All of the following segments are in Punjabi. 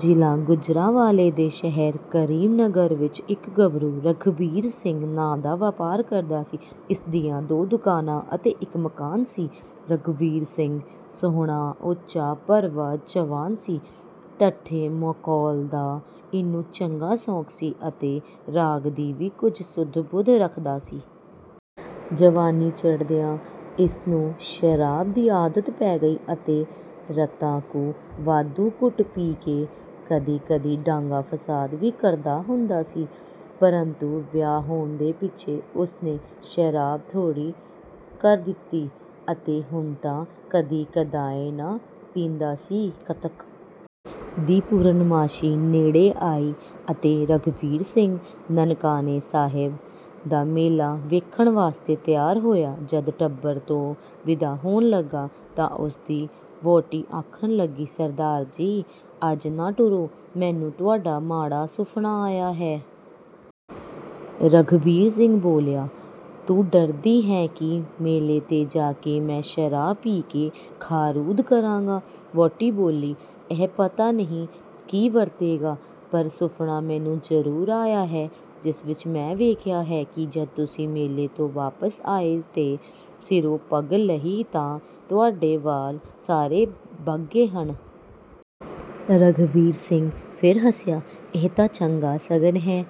ਜ਼ਿਲ੍ਹਾ ਗੁਜਰਾਂਵਾਲੇ ਦੇ ਸ਼ਹਿਰ ਕਰੀਮ ਨਗਰ ਵਿੱਚ ਇੱਕ ਗੱਭਰੂ ਰਘਬੀਰ ਸਿੰਘ ਨਾਂ ਦਾ ਵਪਾਰ ਕਰਦਾ ਸੀ। ਇਸ ਦੀਆਂ ਦੋ ਦੁਕਾਨਾਂ ਅਤੇ ਇੱਕ ਮਕਾਨ ਸੀ। ਰਘਬੀਰ ਸਿੰਘ ਸੋਹਣਾ, ਉੱਚਾ, ਭਰਵਾਂ ਜਵਾਨ ਸੀ। ਠੱਠੇ-ਮਖੌਲ ਦਾ ਇਹਨੂੰ ਚੰਗਾ ਸ਼ੌਕ ਸੀ ਅਤੇ ਰਾਗ ਦੀ ਵੀ ਕੁਝ ਸੁੱਧ-ਬੁੱਧ ਰੱਖਦਾ ਸੀ। ਜਵਾਨੀ ਚੜ੍ਹਦਿਆਂ ਇਸ ਨੂੰ ਸ਼ਰਾਬ ਦੀ ਆਦਤ ਪੈ ਗਈ ਅਤੇ ਰਤਾ ਕੁ ਵਾਧੂ ਘੁੱਟ ਪੀ ਕੇ ਕਦੀ-ਕਦੀ ਦੰਗਾ-ਫਸਾਦ ਵੀ ਕਰਦਾ ਹੁੰਦਾ ਸੀ। ਪਰੰਤੂ ਵਿਆਹ ਹੋਣ ਦੇ ਪਿੱਛੇ ਉਸ ਨੇ ਸ਼ਰਾਬ ਥੋੜੀ ਕਰ ਦਿੱਤੀ ਅਤੇ ਹੁਣ ਤਾਂ ਕਦੀ-ਕਦਾਈਂ ਪੀਂਦਾ ਸੀ। ਕੱਤਕ ਦੀ ਪੂਰਨਮਾਸ਼ੀ ਨੇੜੇ ਆਈ ਅਤੇ ਰਘਬੀਰ ਸਿੰਘ ਨਨਕਾਣੇ ਸਾਹਿਬ ਦਾ ਮੇਲਾ ਵੇਖਣ ਵਾਸਤੇ ਤਿਆਰ ਹੋਇਆ। ਜਦ ਟੱਬਰ ਤੋਂ ਵਿਦਾ ਹੋਣ ਲੱਗਾ ਤਾਂ ਉਸ ਦੀ ਵਹੁਟੀ ਆਖਣ ਲੱਗੀ, “ਸਰਦਾਰ ਜੀ! ਅੱਜ ਨਾ ਤੁਰੋ। ਮੈਨੂੰ ਤੁਹਾਡਾ ਮਾੜਾ ਸੁਫ਼ਨਾ ਆਇਆ ਹੈ।” ਰਘਬੀਰ ਸਿੰਘ ਬੋਲਿਆ, “ਤੂੰ ਡਰਦੀ ਹੈਂ ਕਿ ਮੇਲੇ 'ਤੇ ਜਾ ਕੇ ਮੈਂ ਸ਼ਰਾਬ ਪੀ ਕੇ ਖਰੂਦ ਕਰਾਂਗਾ?” ਵਹੁਟੀ ਬੋਲੀ, “ਇਹ ਪਤਾ ਨਹੀਂ ਕੀ ਵਰਤੇਗਾ, ਪਰ ਸੁਫ਼ਨਾ ਮੈਨੂੰ ਜ਼ਰੂਰ ਆਇਆ ਹੈ, ਜਿਸ ਵਿੱਚ ਮੈਂ ਵੇਖਿਆ ਹੈ ਕਿ ਜਦ ਤੁਸੀਂ ਮੇਲੇ ਤੋਂ ਵਾਪਸ ਆਏ ਤੇ ਸਿਰੋਂ ਪੱਗ ਲਾਹੀ ਤਾਂ ਤੁਹਾਡੇ ਵਾਲ ਸਾਰੇ ਬੱਗੇ ਹਨ।” ਰਘਬੀਰ ਸਿੰਘ ਫਿਰ ਹੱਸਿਆ, “ਇਹ ਤਾਂ ਚੰਗਾ ਸ਼ਗਨ ਹੈ।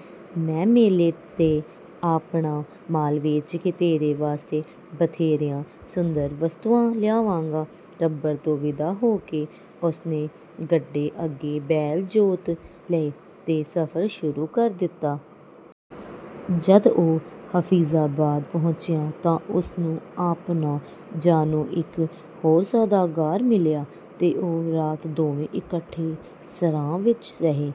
ਮੈਂ ਮੇਲੇ 'ਤੇ ਆਪਣਾ ਮਾਲ ਵੇਚ ਕੇ ਤੇਰੇ ਵਾਸਤੇ ਬਥੇਰੀਆਂ ਸੁੰਦਰ ਵਸਤੂਆਂ ਲਿਆਵਾਂਗਾ।” ਟੱਬਰ ਤੋਂ ਵਿਦਾ ਹੋ ਕੇ ਉਸ ਨੇ ਗੱਡੇ ਅੱਗੇ ਬੈਲ ਜੋਤ ਲਏ ਤੇ ਸਫ਼ਰ ਸ਼ੁਰੂ ਕਰ ਦਿੱਤਾ। ਜਦ ਉਹ ਹਾਫ਼ਜ਼ਾਬਾਦ ਪਹੁੰਚਿਆ ਤਾਂ ਉਸ ਨੂੰ ਆਪਣਾ ਜਾਣੂ ਇੱਕ ਹੋਰ ਸੌਦਾਗਰ ਮਿਲਿਆ ਤੇ ਉਹ ਰਾਤ ਦੋਵੇਂ ਇਕੱਠੇ ਸਰਾਂ ਵਿੱਚ ਰਹੇ।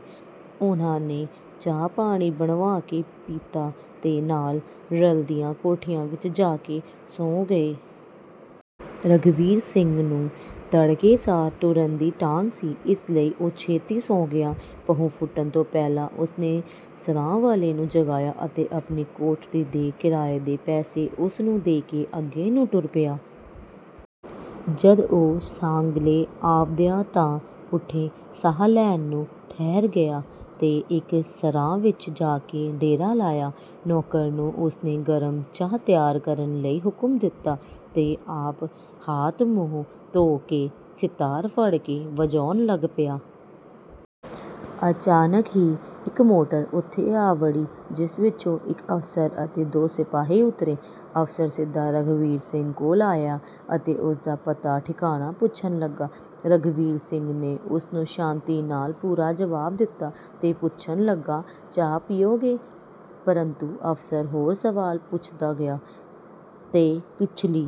ਉਹਨਾਂ ਨੇ ਚਾਹ-ਪਾਣੀ ਬਣਵਾ ਕੇ ਪੀਤਾ ਤੇ ਨਾਲ ਰਲਦੀਆਂ ਕੋਠੀਆਂ ਵਿੱਚ ਜਾ ਕੇ ਸੌਂ ਗਏ। ਰਘਬੀਰ ਸਿੰਘ ਨੂੰ ਤੜਕੇ ਸਾਰ ਤੁਰਨ ਦੀ ਤਾਂਘ ਸੀ। ਇਸ ਲਈ ਉਹ ਛੇਤੀ ਸੌਂ ਗਿਆ। ਪਹੁ ਫੁੱਟਣ ਤੋਂ ਪਹਿਲਾਂ ਉਸ ਨੇ ਸਰਾਂ ਵਾਲੇ ਨੂੰ ਜਗਾਇਆ ਅਤੇ ਆਪਣੀ ਕੋਠੜੀ ਦੇ ਕਿਰਾਏ ਦੇ ਪੈਸੇ ਉਸ ਨੂੰ ਦੇ ਕੇ ਅੱਗੇ ਨੂੰ ਤੁਰ ਪਿਆ। ਜਦ ਉਹ ਸਾਂਗਲੇ ਅੱਪੜਿਆ ਤਾਂ ਉੱਥੇ ਸਾਹ ਲੈਣ ਨੂੰ ਠਹਿਰ ਗਿਆ ਤੇ ਇੱਕ ਸਰਾਂ ਵਿੱਚ ਜਾ ਕੇ ਡੇਰਾ ਲਾਇਆ। ਨੌਕਰ ਨੂੰ ਉਸ ਨੇ ਗਰਮ ਚਾਹ ਤਿਆਰ ਕਰਨ ਲਈ ਹੁਕਮ ਦਿੱਤਾ ਤੇ ਆਪ ਹੱਥ-ਮੂੰਹ ਧੋ ਕੇ ਸਤਾਰ ਫੜ ਕੇ ਵਜਾਉਣ ਲੱਗ ਪਿਆ। ਅਚਾਨਕ ਹੀ ਇੱਕ ਮੋਟਰ ਉੱਥੇ ਆ ਵੜੀ, ਜਿਸ ਵਿੱਚੋਂ ਇੱਕ ਅਫ਼ਸਰ ਅਤੇ ਦੋ ਸਿਪਾਹੀ ਉਤਰੇ। ਅਫ਼ਸਰ ਸਿੱਧਾ ਰਘਬੀਰ ਸਿੰਘ ਕੋਲ ਆਇਆ ਅਤੇ ਉਸ ਦਾ ਪਤਾ-ਠਿਕਾਣਾ ਪੁੱਛਣ ਲੱਗਾ। ਰਘਬੀਰ ਸਿੰਘ ਨੇ ਉਸ ਨੂੰ ਸ਼ਾਂਤੀ ਨਾਲ ਪੂਰਾ ਜਵਾਬ ਦਿੱਤਾ ਤੇ ਪੁੱਛਣ ਲੱਗਾ, “ਚਾਹ ਪੀਓਗੇ?” ਪਰੰਤੂ ਅਫ਼ਸਰ ਹੋਰ ਸਵਾਲ ਪੁੱਛਦਾ ਗਿਆ, “ਤੈਂ ਪਿਛਲੀ...”